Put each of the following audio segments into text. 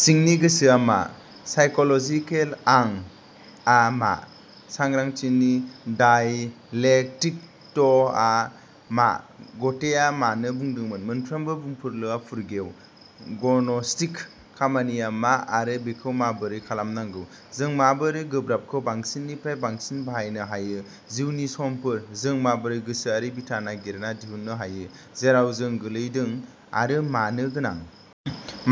सिंनि गोसोआ मा? साइकिल'जिकेल "आं" आ मा? सांग्रांथिनि डायलेक्टिकआ मा? ग'थेआ मानो बुंदोंमोनः "मोनफ्रोमबो बुंफुरलुआ फुरगेव"? ग'नस्टिक खामानिया मा आरो बेखौ माबोरै खालामनांगौ? जों माबोरै गोब्राबखौ बांसिननिफ्राय बांसिन बाहायनो हायो? जिउनि समफोर? जों माबोरै गोसोआरि बिथा नागिरना दिहुननो हायो जेराव जों गोलैदों आरो मानो गोनां?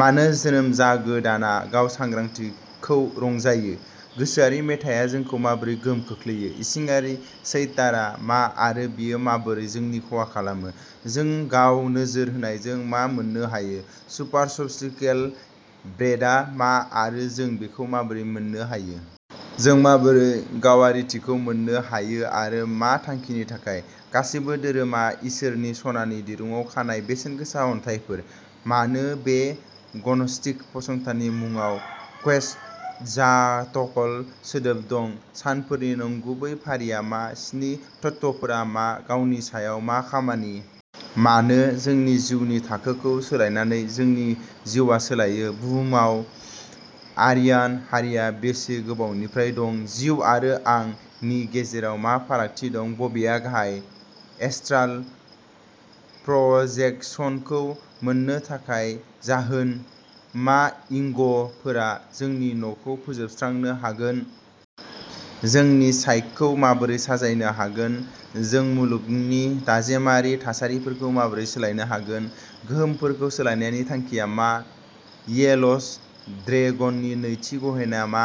मानो जोनोम जागोदानआ गाव-सांग्रांथिखौ रंजायो? गोसोआरि मेथाइया जोंखौ माबोरै गोहोम खोख्लैयो? इसिङारि चैटारआ मा आरो बेयो माबोरै जोंनि खहा खालामो? जों गाव-नोजोर होनायजों मा मोन्नो हायो? सुपारसब्स्टेन्टियेल ब्रेडआ मा आरो जों बेखौ माबोरै मोननो हायो? जों माबोरै गावारिथिखौ मोन्नो हायो आरो मा थांखिनि थाखाय? गासैबो धोरोमा इसोरनि सनानि दिरुंआव खानाय बेसेनगोसा अन्थाइफोर। मानो बे ग'नस्टिक फसंथाननि मुंआव क्वेटजालक'टल सोदोब दं? सानफोरनि नंगुबै फारिआ मा? स्नि तत्वाफोरा मा? गावनि सायाव मा खामानि? मानो, जोंनि जिउनि थाखोखौ सोलायनानै जोंनि जिउआ सोलायो? बुहुमाव आरियान हारिआ बेसे गोबावनिफ्राय दं? जिउ आरो "आं" नि गेजेराव मा फारागथि दं? बबेआ गाहाय? एस्ट्राल प्रजेकसनखौ मोन्नो थाखाय जाहोन? मा इग'फोरा जोंनि न'खौ फोजोबस्रांनो हागोन? जोंनि साइकखौ माबोरै साजायनो हागोन? जों मुलुगनि दाजेमारि थासारिफोरखौ माबोरै सोलायनो हागोन? गोहोमफोरखौ सोलायनायनि थांखिया मा? येल'स ड्रेगननि नैथि गहेना मा?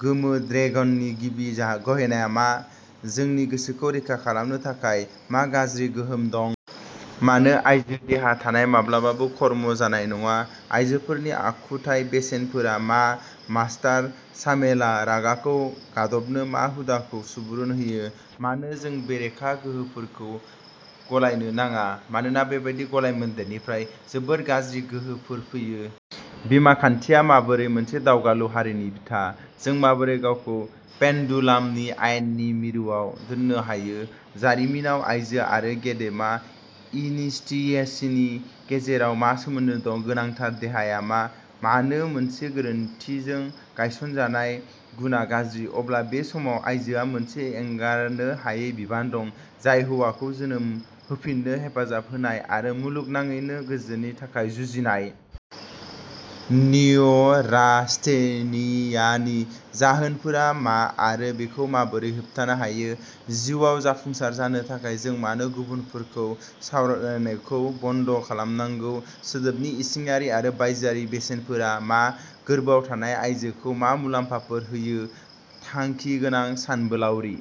गोमो ड्रेगननि गिबि गहेना मा? जोंनि गोसोखौ रैखा खालामनो थाखाय मा गाज्रि गोहोम दं? मानो आइजो देहा थानाया माब्लाबाबो कर्म जानाय नङा? आयजोफोरनि आखुथाय बेसेनफोरा मा? मास्टार सामेलआ रागाखौ गादबनो मा हुदाखौ सुबुरुन होयो? मानो जों बेरेखा गोहोफोरखौ गलायनो नाङा, मानोना बेबादि गलायमोन्देरनिफ्राय जोबोद गाज्रि गोहोफोर फैयो? बिमाखान्थिया माबोरै मोनसे दावगालु हारिनि बिथा? जों माबोरै गावखौ पेन्डुलामनि आयेननि मिरुआव दोननो हायो? जारिमिनाव आइजो आरो गेदेमा इनिसिएट्सनि गेजेराव मा सोमोन्दो दं? गोनांथार देहाया मा? मानो मोनसे गोरोन्थिजों गायसनजानाय गुनआ गाज्रि? अब्ला बे समाव आइजोआ मोनसे एंगारनो हायै बिबान दं, जाय हौवाखौ जोनोम होफिन्नो हेफाजाब होनाय आरो मुलुगनाङैनो गोजोननि थाखाय जुजिनाय। निय'रास्थेनियानि जाहोनफोरा मा आरो बेखौ माबोरै होबथानो हायो? जिउआव जाफुंसार जानो थाखाय जों मानो गुबुनफोरखौ सावरायनायखौ बन्द खालामनांगौ? सोदोबनि इसिङारि आरो बायजोआरि बेसेनफोरा मा? गोरबोआव थानाय आइजोखौ मा मुलाम्फाफोर होयो थांखिगोनां सानबोलावरि?